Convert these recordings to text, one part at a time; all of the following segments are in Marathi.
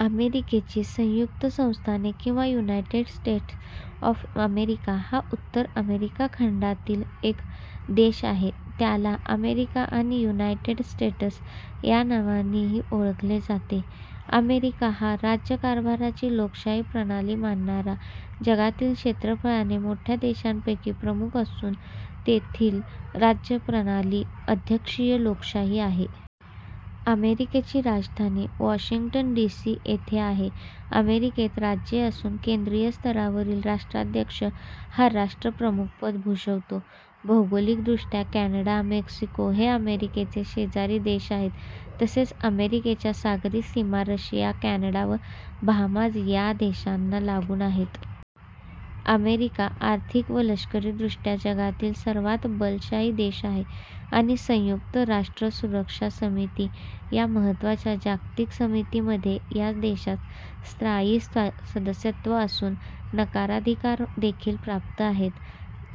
अमेरिकेची संयुक्त संस्थाने किंवा युनायटेड स्टेट्स ऑफ अमेरिका हा उत्तर अमेरिका खंडातील एक देश आहे. त्याला अमेरिका आणि युनायटेड स्टेट्स या नावानींही ओळखले जाते. अमेरिका हा राज्यकारभाराची लोकशाही प्रणाली मानणारा जगातील क्षेत्रफळाने मोठ्या देशांपैकी प्रमुख असून येथील राज्यप्रणाली 'अध्यक्षीय लोकशाही' आहे. अमेरिकेची राजधानी 'वॉशिंग्टन डी. सी. ' येथे आहे. अमेरिकेत राज्ये असून केंद्रीय स्तरावरील राष्ट्राध्यक्ष हा राष्ट्रप्रमुखपद भूषवतो. भौगोलिकदृष्ट्या कॅनडा, मेक्सिको हे अमेरिकेचे शेजारी देश आहेत, तसेच अमेरिकेच्या सागरी सीमा रशिया, कॅनडा व बहामाज् ह्या देशांना लागून आहेत. अमेरिका आर्थिक व लष्करीदृष्ट्या जगातील सर्वांत बलशाली देश आहे आणि संयुक्त राष्ट्र सुरक्षा समिती या महत्त्वाच्या जागतिक समितीमध्ये या देशास स्थायी सदस्यत्व असून नकाराधिकार देखील प्राप्त आहे.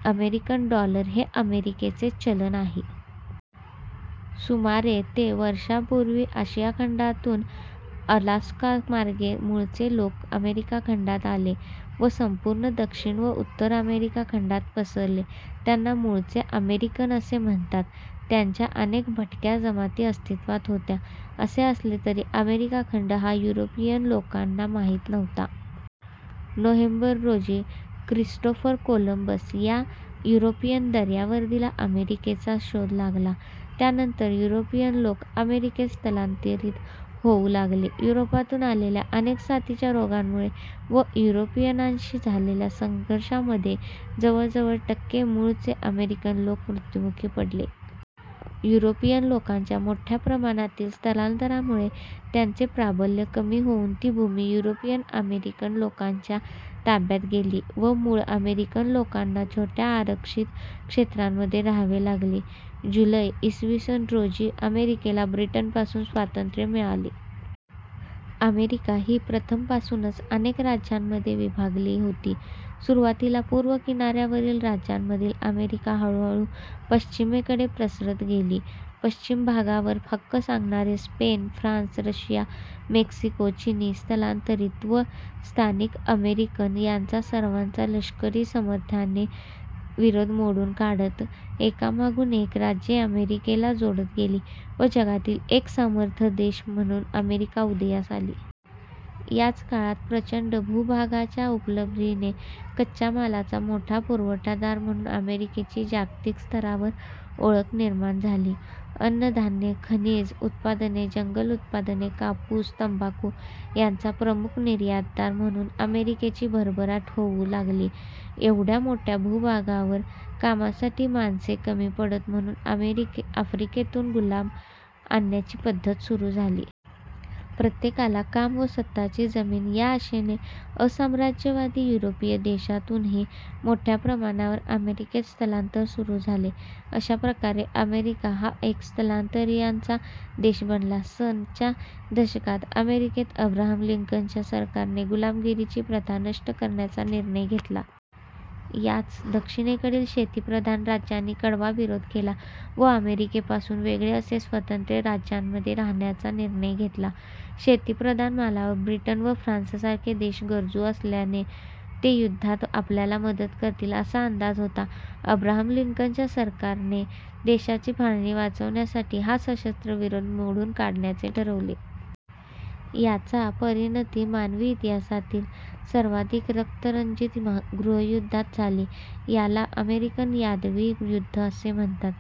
अमेरिकन डॉलर हे अमेरिकेचे चलन आहे. सुमारे ते वर्षांपूर्वी, आशिया खंडातून अलास्कामार्गे मूळचे लोक अमेरिका खंडात आले व संपूर्ण दक्षिण व उत्तर अमेरिका खंडात पसरले. त्यांना मूळचे अमेरिकन असे म्हणतात. त्यांच्या अनेक भटक्या जमाती अस्तित्वात होत्या. असे असले तरी अमेरीका खंड हा युरोपियन लोकांना माहित नव्हता. नोव्हेंबर रोजी क्रिस्टोफर कोलंबस या युरोपियन दर्यावर्दीला अमेरिकेचा शोध लागला. त्यानंतर युरोपियन लोक अमेरिकेत स्थलांतरित होऊ लागले. युरोपातून आलेल्या अनेक साथीच्या रोगांमुळे व युरोपियनांशी झालेल्या संघर्षांमध्ये जवळजवळ टक्के मूळचे अमेरिकन लोक मृत्युमुखी पडले. युरोपियन लोकांच्या मोठ्या प्रमाणातील स्थलांतरामुळे त्यांचे प्राबल्य कमी होऊन ती भूमी युरोपियन अमेरिकन लोकांच्या ताब्यात गेली व मूळ अमेरिकन लोकांना छोट्या आरक्षित क्षेत्रांमध्ये राहावे लागले. जुलै, इ. स. रोजी अमेरिकेला ब्रिटनपासून स्वातंत्र्य मिळाले. अमेरिका ही प्रथमपासूनच अनेक राज्यांमध्ये विभागलेली होती. सुरुवातीला पूर्व किनाऱ्यावरील राज्यांमधील अमेरिका हळूहळू पश्चिमेकडे प्रसरत गेली. पश्चिम भागावर हक्क सांगणारे, स्पेन, फ्रान्स, रशिया, मेक्सिको, चिनी स्थलांतरित व स्थानिक अमेरिकन यांचा सर्वांचा लष्करी सामर्थ्याने विरोध मोडून काढत एकामागून एक राज्ये अमेरिकेला जोडत गेली व जगातील एक समर्थ देश म्हणून अमेरिका उदयास आली. याच काळात प्रचंड भूभागाच्या उपलब्धीने कच्च्या मालाचा मोठा पुरवठादार म्हणून अमेरिकेची जागतिक स्तरावर ओळख निर्माण झाली. अन्नधान्ये, खनिज उत्पादने, जंगल उत्पादने, कापूस, तंबाखू यांचा प्रमुख निर्यातदार म्हणून अमेरिकाची भरभराट होऊ लागली. एवढ्या मोठ्या भूभागावर कामासाठी माणसे कमी पडत म्हणून आफ्रिकेतून गुलाम आणण्याची पद्धत सुरू झाली. प्रत्येकाला काम व स्वतःची जमीन या आशेने असाम्राज्यवादी युरोपीय देशातूनही मोठ्या प्रमाणावर अमेरिकेत स्थलांतर सुरू झाले. अशा प्रकारे अमेरिका हा एक स्थलांतरितांचा देश बनला. सन च्या दशकात अमेरिकेत अब्राहम लिंकनच्या सरकारने गुलामगिरीची प्रथा नष्ट करण्याचा निर्णय घेतला. याचा दक्षिणेकडील शेतीप्रधान राज्यांनी कडवा विरोध केला व अमेरिकेपासून वेगळे असे स्वतंत्र राज्यांमध्ये रहाण्याचा निर्णय घेतला. शेतीप्रधान मालावर ब्रिटन व फ्रान्ससारखे देश गरजू असल्याने ते युद्धात आपल्याला मदत करतील असा अंदाज होता. अब्राहम लिंकनच्या सरकारने देशाची फाळणी वाचवण्यासाठी हा सशस्त्र विरोध मोडून काढण्याचे ठरवले. याचा परिणती मानवी इतिहासातील सर्वाधिक रंक्तरंजित गृहयुद्धात झाली. याला अमेरिकन यादवी युद्ध असे म्हणतात.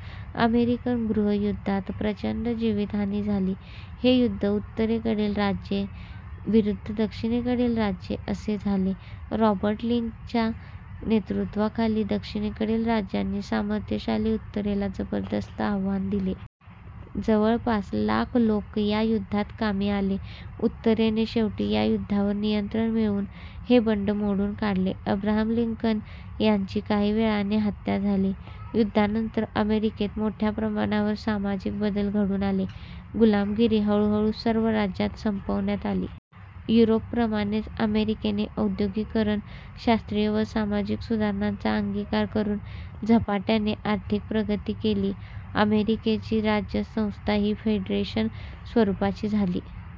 अमेरिकन गृहयुद्धात प्रचंड जीवित हानी झाली. हे युद्ध उत्तरेकडील राज्ये विरुद्ध दक्षिणेकडील राज्ये असे झाले. रॉबर्ट लींच्या नेतृत्वाखाली दक्षिणेकडील राज्यांनी सामर्थ्यशाली उत्तरेला जबरदस्त आव्हान दिले. जवळपास लाख लोक या युद्धात कामी आले. उत्तरेने शेवटी या युद्धावर नियंत्रण मिळवून हे बंड मोडून काढले. अब्राहम लिंकन यांची काही काळाने हत्या झाली. युद्धानंतर अमेरिकेत मोठ्या प्रमाणावर सामाजिक बदल घडून आले. गुलामगिरी हळूहळू सर्व राज्यांत संपवण्यात आली. युरोपप्रमाणेच अमेरिकेने उद्योगीकरण ,शास्त्रीय व सामाजिक सुधारणांचा अंगिकार करून झपाट्याने आर्थिक प्रगती केली. अमेरिकची राज्य संस्था ही फेडरेशन स्वरूपाची आहे.